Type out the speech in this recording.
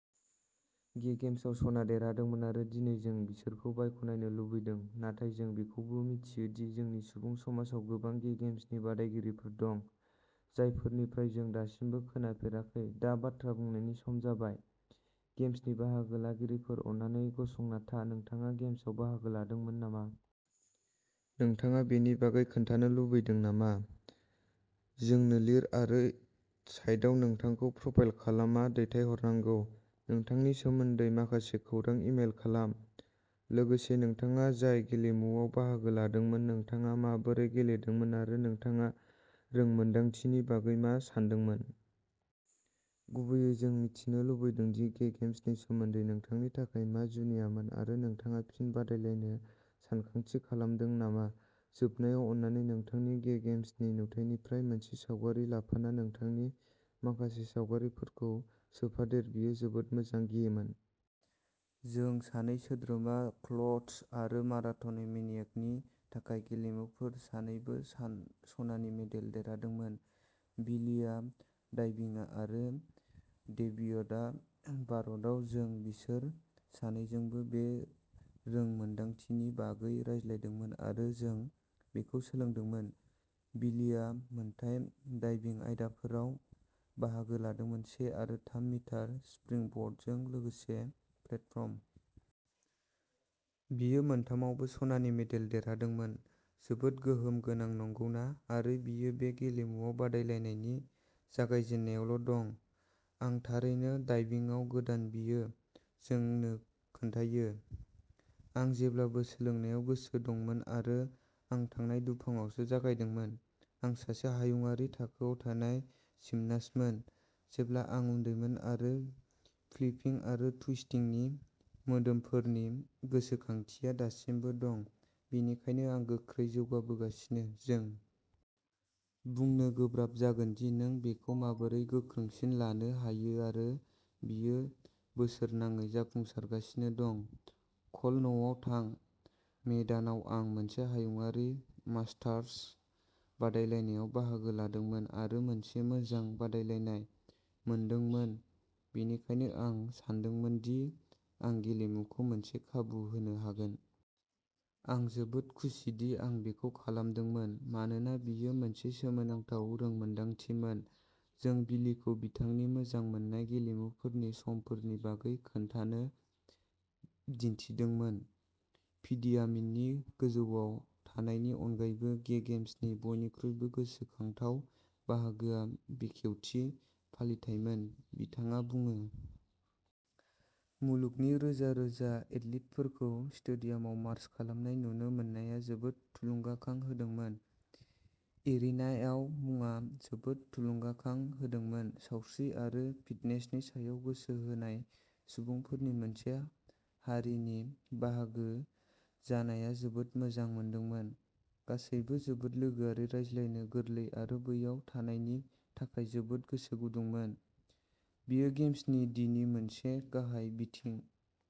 गे गेम्सआव सना देरहादोंमोन आरो दिनै जों बिसोरखौ बाख्नायनो लुबैदों नाथाय जों बेखौबो मिथियो दि जोंनि सुबुं समाजाव गोबां गे गेम्सनि बादायगिरिफोर दं, जायफोरनिफ्राय जों दासिमबो खोनाफेराखै दा बाथ्रा बुंनायनि सम जाबाय। गेम्सनि बाहागो लागिरिफोर अन्नानै गसंना था नोंथाङा गेम्सआव बाहागो लादोंमोन नामा? नोंथाङा बेनि बागै खोन्थानो लुबैदों नामा? जोंनो लिर आरो साइटआव नोंथांखौ प्रफाइल खालाम मा दैथायहरनांगौ नोंथांनि सोमोन्दै माखासे खौरां इमेल खालाम, लोगोसे नोंथाङा जाय गेलेमुआव बाहागो लादोंमोन नोंथाङा माबोरै गेलेदोंमोन आरो नोंथाङा रोंमोन्दांथिनि बागै मा सानदोंमोन। गुबैयै जों मिथिनो लुबैदों दि गे गेम्सनि सोमोन्दै नोंथांनि थाखाय मा जुनियामोन आरो नोंथाङा फिन बादायलायनो सानथांखि खालामदों नामा? जोबनायाव अन्नानै नोंथांनि गे गेम्सनि नुथाइनिफ्राय मोनसे सावगारि लाफाना नोंथांनि माखासे सावगारिफोरखौ सोफादेर बेयो जोबोद मोजां गेमोन। जों सानै सोद्रोमा, कल्ट्सड आरो माराथनमेनियाक नि थाखाय गेलेमुफोर सानैबो सनानि मेडेल देरहादोंमोन बिलीया डाइभिंआव आरो डेविडआ माराथनआव। जों बिसोर सानैजोंबो बे रोंमोन्दांथिनि बागै रायज्लायदोंमोन आरो जों बेखौ सोलोंदोंमोन। बिलीया मोनथाम डाइभिं आयदाफोराव बाहागो लादोंमोन से आरो थाम मिटार स्प्रिंगबर्डजों लोगोसे प्लेटफर्म। बियो मोनथामावबो सनानि मेडेल देरहादोंमोन जोबोद गोहोम गोनां नंगौना आरो बियो बे गेलेमुआव बादायलायनायनि जागायजेननायावल'दं। आं थारैनो डाइविंगआव गोदान बियो जोंनो खोन्थायो। आं जेब्लाबो सोलोंनायाव गोसो दंमोन आरो आं थांनाय दुफांआवसो जागायदोंमोन। आं सासे हायुंआरि थाखोआव थानाय जिमनास्टमोन जेब्ला आं उन्दैमोन आरो फ्लिपिं आरो टुइस्टिंनि मोदोमफोरनि गोसोखांथिया दासिमबो दं, बेनिखायनो आं गोख्रै जौगाबोगासिनो। जों बुंनो गोब्राब जागोन दि नों बेखौ माबोरै गोख्रोंसिन लानो हायोआरो बियो बोसोरनाङै जाफुंसारगासिनो दं। कल'नआव थां। "मे दानाव आं मोनसे हायुंआरि मास्टार्स बादायलायनायाव बाहागो लादोंमोन आरो मोनसे मोजां बादायलायनाय मोनदोंमोन, बेनिखायनो आं सानदोंमोन दि आं गेलेमुखौ मोनसे खाबु होनो हागोन। आं जोबोद खुसिदि आं बेखौ खालामदोंमोन मानोना बेयो मोनसे सोमोनांथाव रोंमोनदांथिमोन।" जों बिलीखौ बिथांनि मोजां मोनजानाय गेलेमुफोरनि समफोरनि बागै खोन्थानो दिन्थिदोंमोन। "प'डियामनि गोजौआव थानायनि अनगायैबो, गे गेम्सनि बयनिख्रुइ गोसोखांथाव बाहागोआ बेखेवथि फालिथाइमोन", बिथाङा बुङो। "मुलुगनि रोजा-रोजा एथलीटफोरखौ स्टेडियामाव मार्च खालामनाय नुनो मोननाया जोबोद थुलुंगाखां होदोंमोन। एरिनाआव मुडआ जोबोद थुलुंगाखां होदोंमोन। सावस्रि आरो फिटनेसनि सायाव गोसो होनाय सुबुंफोरनि मोनसे हारिनि बाहागो जानाया जोबोद मोजां मोनदोंमोन। गासैबो जोबोद लोगोआरि, रायज्लायनो गोरलै आरो बैयाव थानायनि थाखाय जोबोद गोसो गुदुंमोन।" बेयो गेम्स-दिनि मोनसे गाहाय बिथिं।